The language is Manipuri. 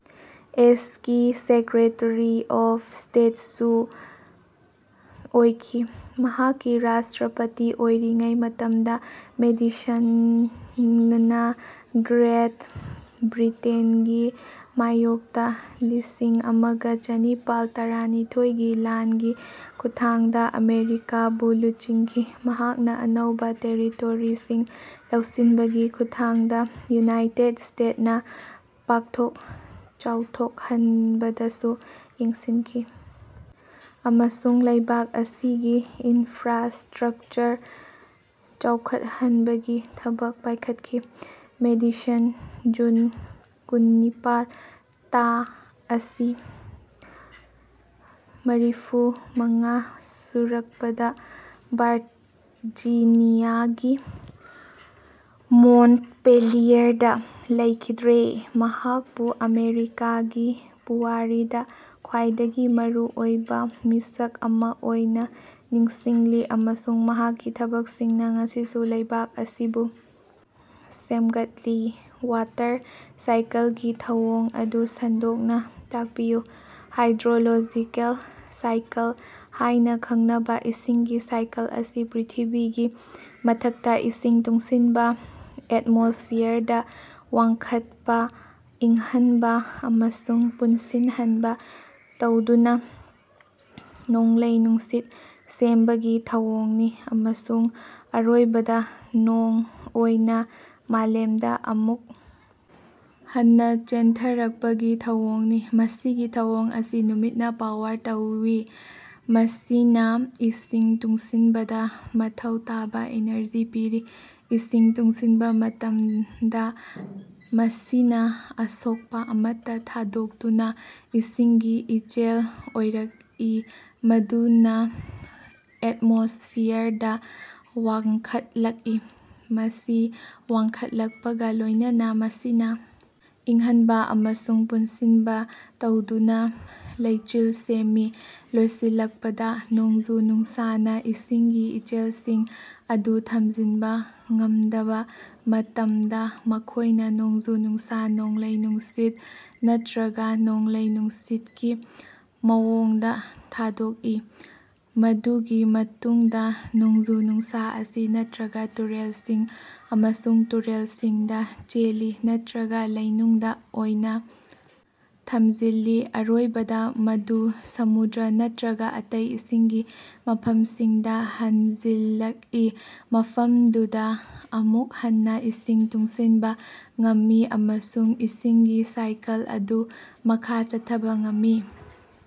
ꯑꯦꯁ ꯀꯤ ꯁꯦꯀ꯭ꯔꯦꯇꯔꯤ ꯑꯣꯐ ꯁ꯭ꯇꯦꯠꯁꯨ ꯑꯣꯏꯈꯤ꯫ ꯃꯍꯥꯛꯀꯤ ꯔꯥꯁꯇ꯭ꯔꯥꯄꯇꯤ ꯑꯣꯏꯔꯤꯉꯩ ꯃꯇꯝꯗ ꯃꯦꯗꯤꯁꯟꯅ ꯒ꯭ꯔꯦꯠ ꯕ꯭ꯔꯤꯇꯦꯟꯒꯤ ꯃꯥꯌꯣꯛꯇ ꯂꯤꯁꯤꯡ ꯑꯃꯒ ꯆꯅꯤꯄꯥꯜ ꯇꯔꯥꯅꯤꯊꯣꯏꯒꯤ ꯂꯥꯟꯒꯤ ꯈꯨꯠꯊꯥꯡꯗ ꯑꯃꯦꯔꯤꯀꯥꯕꯨ ꯂꯨꯆꯤꯡꯈꯤ꯫ ꯃꯍꯥꯛꯅ ꯑꯅꯧꯕ ꯇꯦꯔꯤꯇꯣꯔꯤꯁꯤꯡ ꯂꯧꯁꯤꯟꯕꯒꯤ ꯈꯨꯠꯊꯥꯡꯗ ꯌꯨꯅꯥꯏꯇꯦꯗ ꯁ꯭ꯇꯦꯗ ꯅꯥ ꯄꯥꯛꯊꯣꯛ ꯆꯥꯎꯊꯣꯛꯍꯟꯕꯗꯁꯨ ꯌꯦꯡꯁꯤꯟꯈꯤ ꯑꯃꯁꯨꯡ ꯂꯩꯕꯥꯛ ꯑꯁꯤꯒꯤ ꯏꯅꯐ꯭ꯔꯥꯁꯇ꯭ꯔꯛꯆꯔ ꯆꯥꯎꯈꯠꯍꯟꯕꯒꯤ ꯊꯕꯛ ꯄꯥꯢꯈꯠꯈꯤ꯫ ꯃꯦꯗꯤꯁꯟ ꯖꯨꯟ ꯀꯨꯟꯅꯤꯄꯥꯜ ꯇꯥ ꯆꯍꯤ ꯃꯔꯤꯐꯨ ꯃꯉꯥ ꯁꯨꯔꯛꯄꯗ ꯚꯥꯔꯖꯤꯅꯤꯌꯥꯒꯤ ꯃꯣꯟꯇꯄꯦꯂꯤꯌꯔꯗ ꯂꯩꯈꯤꯗ꯭ꯔꯦ꯫ ꯃꯍꯥꯛꯄꯨ ꯑꯃꯦꯔꯤꯀꯥꯒꯤ ꯄꯨꯋꯥꯔꯤꯗ ꯈ꯭ꯋꯥꯏꯗꯒꯤ ꯃꯔꯨꯑꯣꯏꯕ ꯃꯤꯁꯛ ꯑꯃ ꯑꯣꯏꯅ ꯅꯤꯡꯁꯤꯡꯂꯤ ꯑꯃꯁꯨꯡ ꯃꯍꯥꯛꯀꯤ ꯊꯕꯛꯁꯤꯡꯅ ꯉꯁꯤꯁꯨ ꯂꯩꯕꯥꯛ ꯑꯁꯤꯕꯨ ꯁꯦꯝꯒꯠꯂꯤ꯫ ꯋꯥꯇꯔ ꯁꯥꯏꯀꯜꯒꯤ ꯊꯧꯑꯣꯡ ꯑꯗꯨ ꯁꯟꯗꯣꯛꯅ ꯇꯥꯛꯄꯤꯌꯨ꯫ ꯍꯥꯏꯗ꯭ꯔꯣꯂꯣꯖꯤꯀꯦꯜ ꯁꯥꯏꯀꯜ ꯍꯥꯢꯅ ꯈꯪꯅꯕ ꯏꯁꯤꯡꯒꯤ ꯁꯥꯏꯀꯜ ꯑꯁꯤ ꯄ꯭ꯔꯤꯊꯤꯕꯤꯒꯤ ꯃꯊꯛꯇ ꯏꯁꯤꯡ ꯇꯨꯡꯁꯤꯟꯕ ꯑꯦꯠꯃꯣꯁꯐꯤꯌꯔꯗ ꯋꯥꯡꯈꯠꯄ, ꯏꯪꯍꯟꯕ ꯑꯃꯁꯨꯡ ꯄꯨꯟꯁꯤꯟꯍꯟꯕ ꯇꯧꯗꯨꯅ ꯅꯣꯡꯂꯩ-ꯅꯨꯡꯁꯤꯠ ꯁꯦꯝꯕꯒꯤ ꯊꯧꯑꯣꯡꯅꯤ ꯑꯃꯁꯨꯡ ꯑꯔꯣꯏꯕꯗ ꯅꯣꯡ ꯑꯣꯏꯅ ꯃꯥꯂꯦꯝꯗ ꯑꯃꯨꯛ ꯍꯟꯅ ꯆꯦꯟꯊꯔꯛꯄꯒꯤ ꯊꯧꯑꯣꯡꯅꯤ꯫ ꯃꯁꯤꯒꯤ ꯊꯧꯑꯣꯡ ꯑꯁꯤ ꯅꯨꯃꯤꯠꯅ ꯄꯥꯋꯔ ꯇꯧꯏ ꯃꯁꯤꯅ ꯏꯁꯤꯡ ꯇꯨꯡꯁꯤꯟꯕꯗ ꯃꯊꯧ ꯇꯥꯕ ꯏꯅꯔꯖꯤ ꯄꯤꯔꯤ꯫ ꯏꯁꯤꯡ ꯇꯨꯡꯁꯤꯟꯕ ꯃꯇꯝꯗ ꯃꯁꯤꯅ ꯑꯁꯣꯛꯄ ꯑꯃꯠꯇ ꯊꯥꯗꯣꯛꯇꯨꯅ ꯏꯁꯤꯡꯒꯤ ꯏꯆꯦꯜ ꯑꯣꯏꯔꯛꯏ ꯃꯗꯨꯅ ꯑꯦꯠꯃꯣꯁꯐꯤꯌꯔꯗ ꯋꯥꯡꯈꯠꯂꯛꯏ꯫ ꯃꯁꯤ ꯋꯥꯡꯈꯠꯂꯛꯄꯒ ꯂꯣꯢꯅꯅꯥ ꯃꯁꯤꯅ ꯏꯪꯍꯟꯕ ꯑꯃꯁꯨꯡ ꯄꯨꯟꯁꯟꯕ ꯇꯧꯗꯨꯅꯥ ꯂꯩꯆꯤꯜ ꯁꯦꯝꯃꯤ꯫ ꯂꯣꯏꯁꯤꯜꯂꯛꯄꯗ ꯅꯣꯡꯖꯨ-ꯅꯨꯡꯁꯥꯅ ꯏꯁꯤꯡꯒꯤ ꯏꯆꯦꯜꯁꯤꯡ ꯑꯗꯨ ꯊꯝꯖꯤꯟꯕ ꯉꯝꯗꯕ ꯃꯇꯝꯗ ꯃꯈꯣꯢꯅ ꯅꯣꯡꯖꯨ-ꯅꯨꯡꯁꯥ, ꯅꯣꯡꯂꯩ-ꯅꯨꯡꯁꯤꯠ ꯅꯠꯇ꯭ꯔꯒ ꯅꯣꯡꯂꯩ-ꯅꯨꯡꯁꯤꯠꯀꯤ ꯃꯑꯣꯡꯗ ꯊꯥꯗꯣꯛꯏ꯫ ꯃꯗꯨꯒꯤ ꯃꯇꯨꯡꯗ ꯅꯣꯡꯖꯨ-ꯅꯨꯡꯁꯥ ꯑꯁꯤ ꯅꯠꯇ꯭ꯔꯒ ꯇꯨꯔꯦꯜꯁꯤꯡ ꯑꯃꯁꯨꯡ ꯇꯨꯔꯦꯜꯁꯤꯡꯗ ꯆꯦꯜꯂꯤ ꯅꯠꯇ꯭ꯔꯒ ꯂꯩꯅꯨꯡꯗ ꯑꯣꯏꯅ ꯊꯝꯖꯤꯜꯂꯤ ꯑꯔꯣꯏꯕꯗ ꯃꯗꯨ ꯁꯃꯨꯗ꯭ꯔ ꯅꯠꯇ꯭ꯔꯒ ꯑꯇꯩ ꯏꯁꯤꯡꯒꯤ ꯃꯐꯝꯁꯤꯡꯗ ꯍꯟꯖꯤꯜꯂꯛꯏ ꯃꯐꯝꯗꯨꯗ ꯑꯃꯨꯛ ꯍꯟꯅ ꯏꯁꯤꯡ ꯇꯨꯡꯁꯤꯟꯕ ꯉꯝꯃꯤ ꯑꯃꯁꯨꯡ ꯏꯁꯤꯡꯒꯤ ꯁꯥꯏꯀꯜ ꯑꯗꯨ ꯃꯈꯥ ꯆꯠꯊꯕ ꯉꯝꯃꯤ꯫